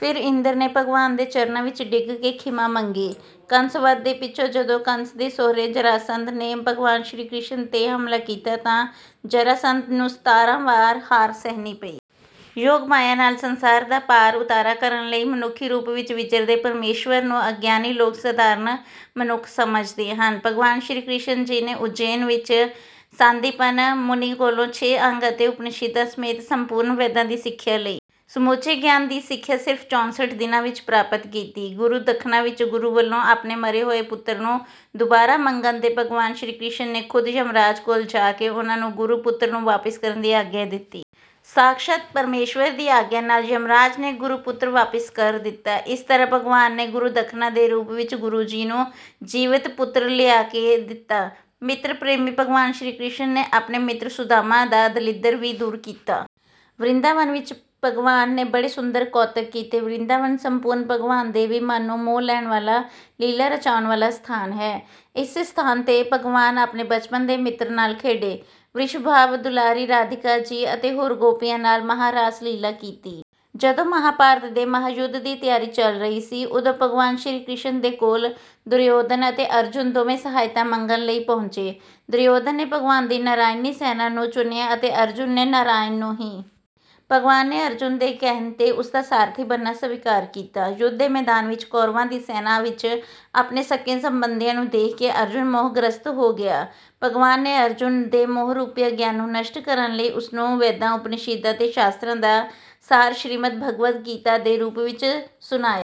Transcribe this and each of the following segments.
ਫਿਰ ਇੰਦਰ ਨੇ ਭਗਵਾਨ ਦੇ ਚਰਨਾਂ ਵਿੱਚ ਡਿੱਗ ਕੇ ਖਿਮਾ ਮੰਗੀ। ਕੰਸ ਵਧ ਦੇ ਪਿੱਛੋਂ ਜਦੋਂ ਕੰਸ ਦੇ ਸਹੁਰੇ ਜਰਾਸੰਧ ਨੇ ਭਗਵਾਨ ਸ਼੍ਰੀ ਕ੍ਰਿਸ਼ਨ ਤੇ ਹਮਲਾ ਕੀਤਾ ਤਾਂ ਜਰਾਸੰਧ ਨੂੰ ਸਤਾਰਾਂ ਵਾਰ ਹਾਰ ਸਹਿਣੀ ਪਈ। ਯੋਗਮਾਇਆ ਨਾਲ ਸੰਸਾਰ ਦਾ ਪਾਰ ਉਤਾਰਾ ਕਰਨ ਲਈ ਮਨੁੱਖੀ ਰੂਪ ਵਿੱਚ ਵਿਚਰਦੇ ਪ੍ਰਮੇਸ਼ਵਰ ਨੂੰ ਅਗਿਆਨੀ ਲੋਕ ਸਾਧਾਰਨ ਮਨੁੱਖ ਸਮਝਦੇ ਹਨ। ਭਗਵਾਨ ਸ਼੍ਰੀ ਕ੍ਰਿਸ਼ਨ ਜੀ ਨੇ ਉਜੈਨ ਵਿੱਚ ਸਾਂਦੀਪਨ ਮੁਨੀ ਕੋਲੋਂ ਛੇ ਅੰਗ ਅਤੇ ਉਪਨਿਸ਼ਦਾਂ ਸਮੇਤ ਸੰਪੂਰਨ ਵੇਦਾਂ ਦੀ ਸਿੱਖਿਆ ਲਈ। ਸਮੁੱਚੇ ਗਿਆਨ ਦੀ ਸਿੱਖਿਆ ਸਿਰਫ਼ ਚੌਂਸਠ ਦਿਨਾਂ ਵਿੱਚ ਪ੍ਰਾਪਤ ਕੀਤੀ। ਗੁਰੂ ਦੱਖਣਾ ਵਿੱਚ ਗੁਰੂ ਵਲੋਂ ਆਪਣੇ ਮਰੇ ਹੋਏ ਪੁੱਤਰ ਨੂੰ ਦੁਬਾਰਾ ਮੰਗਣ ਤੇ ਭਗਵਾਨ ਸ਼੍ਰੀ ਕ੍ਰਿਸ਼ਨ ਨੇ ਖ਼ੁਦ ਯਮਰਾਜ ਕੋਲ ਜਾ ਕੇ ਉਨ੍ਹਾਂ ਨੂੰ ਗੁਰੂ ਪੁੱਤਰ ਨੂੰ ਵਾਪਿਸ ਕਰਨ ਦੀ ਆਗਿਆ ਦਿੱਤੀ। ਸਾਖਸ਼ਾਤ ਪ੍ਰਮੇਸ਼ਵਰ ਦੀ ਆਗਿਆ ਨਾਲ ਯਮਰਾਜ ਨੇ ਗੁਰੂ ਪੁੱਤਰ ਵਾਪਿਸ ਕਰ ਦਿੱਤਾ। ਇਸ ਤਰ੍ਹਾਂ ਭਗਵਾਨ ਨੇ ਗੁਰੂ ਦੱਖਣਾ ਦੇ ਰੂਪ ਵਿੱਚ ਗੁਰੂ ਨੂੰ ਜੀਵਤ ਪੁੱਤਰ ਲਿਆ ਕੇ ਦਿੱਤਾ। ਮਿੱਤਰ ਪ੍ਰੇਮੀ ਭਗਵਾਨ ਸ਼੍ਰੀ ਕ੍ਰਿਸ਼ਨ ਨੇ ਆਪਣੇ ਮਿੱਤਰ ਸੁਦਾਮਾ ਦਾ ਦਲਿੱਦਰ ਵੀ ਦੂਰ ਕੀਤਾ। ਵਰਿੰਦਾਵਨ ਵਿੱਚ ਭਗਵਾਨ ਨੇ ਬੜੇ ਸੁੰਦਰ ਕੌਤਕ ਕੀਤੇ। ਵਰਿੰਦਾਵਨ ਸੰਪੂਰਨ ਭਗਵਾਨ ਦੇ ਵੀ ਮਨ ਨੂੰ ਮੋਹ ਲੈਣ ਵਾਲਾ ਲੀਲਾ ਰਚਾਉਣ ਵਾਲਾ ਸਥਾਨ ਹੈ। ਇਸੇ ਸਥਾਨ ਤੇ ਭਗਵਾਨ ਆਪਣੇ ਬਚਪਨ ਦੇ ਮਿੱਤਰਾਂ ਨਾਲ ਖੇਡੇ। ਵ੍ਰਿਸ਼ਭਾਵ ਦੁਲਾਰੀ ਰਾਧਿਕਾ ਜੀ ਅਤੇ ਹੋਰ ਗੋਪੀਆਂ ਨਾਲ ਮਹਾਰਾਸ ਲੀਲਾ ਕੀਤੀ। ਜਦੋਂ ਮਹਾਭਾਰਤ ਦੇ ਮਹਾਯੁੱਧ ਦੀ ਤਿਆਰੀ ਚੱਲ ਰਹੀ ਸੀ ਉਦੋਂ ਭਗਵਾਨ ਸ਼੍ਰੀ ਕ੍ਰਿਸ਼ਨ ਦੇ ਕੋਲ ਦੁਰਯੋਧਨ ਅਤੇ ਅਰਜੁਨ ਦੋਵੇਂ ਸਹਾਇਤਾ ਮੰਗਣ ਲਈ ਪਹੁੰਚੇ। ਦੁਰਯੋਧਨ ਨੇ ਭਗਵਾਨ ਦੀ ਨਰਾਇਣੀ ਸੈਨਾ ਨੂੰ ਚੁਣਿਆ ਅਤੇ ਅਰਜੁਨ ਨੇ ਨਰਾਇਣ ਨੂੰ ਹੀ। ਭਗਵਾਨ ਨੇ ਅਰਜੁਨ ਦੇ ਕਹਿਣ ਤੇ ਉਸਦਾ ਸਾਰਥੀ ਬਣਨਾ ਸਵੀਕਾਰ ਕੀਤਾ। ਯੁੱਧ ਦੇ ਮੈਦਾਨ ਵਿੱਚ ਕੌਰਵਾਂ ਦੀ ਸੈਨਾ ਵਿੱਚ ਆਪਣੇ ਸਕੇ-ਸੰਬੰਧੀਆਂ ਨੂੰ ਦੇਖ ਕੇ ਅਰਜੁਨ ਮੋਹਗ੍ਰਸਤ ਹੋ ਗਿਆ। ਭਗਵਾਨ ਨੇ ਅਰਜੁਨ ਦੇ ਮੋਹਰੂਪੀ ਅਗਿਆਨ ਨੂੰ ਨਸ਼ਟ ਕਰਨ ਲਈ ਉਸਨੂੰ ਵੇਦਾਂ ਉਪਨਿਸ਼ਦਾਂ ਅਤੇ ਸ਼ਾਸਤਰਾਂ ਦਾ ਸਾਰ ਸ਼੍ਰੀਮਦ ਭਗਵਦ ਗੀਤਾ ਦੇ ਰੂਪ ਵਿੱਚ ਸੁਣਾਇਆ।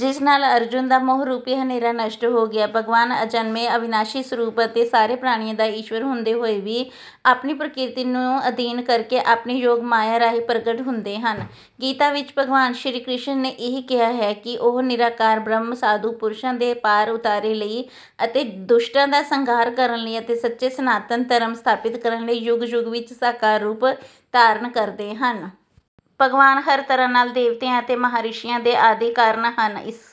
ਜਿਸ ਨਾਲ ਅਰਜੁਨ ਦਾ ਮੋਹਰੂਪੀ ਹਨੇਰਾ ਨਸ਼ਟ ਹੋ ਗਿਆ। ਭਗਵਾਨ ਅਜਨਮੇ ਅਵਿਨਾਸ਼ੀ ਸਰੂਪ ਅਤੇ ਸਾਰੇ ਪ੍ਰਾਣੀਆਂ ਦਾ ਈਸ਼ਵਰ ਹੁੰਦੇ ਹੋਏ ਵੀ ਆਪਣੀ ਪ੍ਰਕਿਰਤੀ ਨੂੰ ਅਧੀਨ ਕਰਕੇ ਆਪਣੀ ਯੋਗਮਾਇਆ ਰਾਹੀਂ ਪ੍ਰਗਟ ਹੁੰਦੇ ਹਨ। ਗੀਤਾ ਵਿੱਚ ਭਗਵਾਨ ਸ਼੍ਰੀ ਕ੍ਰਿਸ਼ਨ ਨੇ ਇਹੀ ਕਿਹਾ ਹੈ ਕਿ ਉਹ ਨਿਰਾਕਾਰ ਬ੍ਰਹਮ ਸਾਧੂ ਪੁਰਸ਼ਾਂ ਦੇ ਪਾਰ ਉਤਾਰੇ ਲਈ ਅਤੇ ਦੁਸ਼ਟਾਂ ਦਾ ਸੰਘਾਰ ਕਰਨ ਲਈ ਅਤੇ ਸੱਚੇ ਸਨਾਤਨ ਧਰਮ ਸਥਾਪਿਤ ਕਰਨ ਲਈ ਯੁੱਗ-ਯੁੱਗ ਵਿੱਚ ਸਾਕਾਰ ਰੂਪ ਧਾਰਨ ਕਰਦੇ ਹਨ। ਭਗਵਾਨ ਹਰ ਤਰ੍ਹਾਂ ਨਾਲ ਦੇਵਤਿਆਂ ਅਤੇ ਮਹਾਰਿਸ਼ੀਆਂ ਦੇ ਆਦਿ ਕਾਰਨ ਹਨ। ਇਸ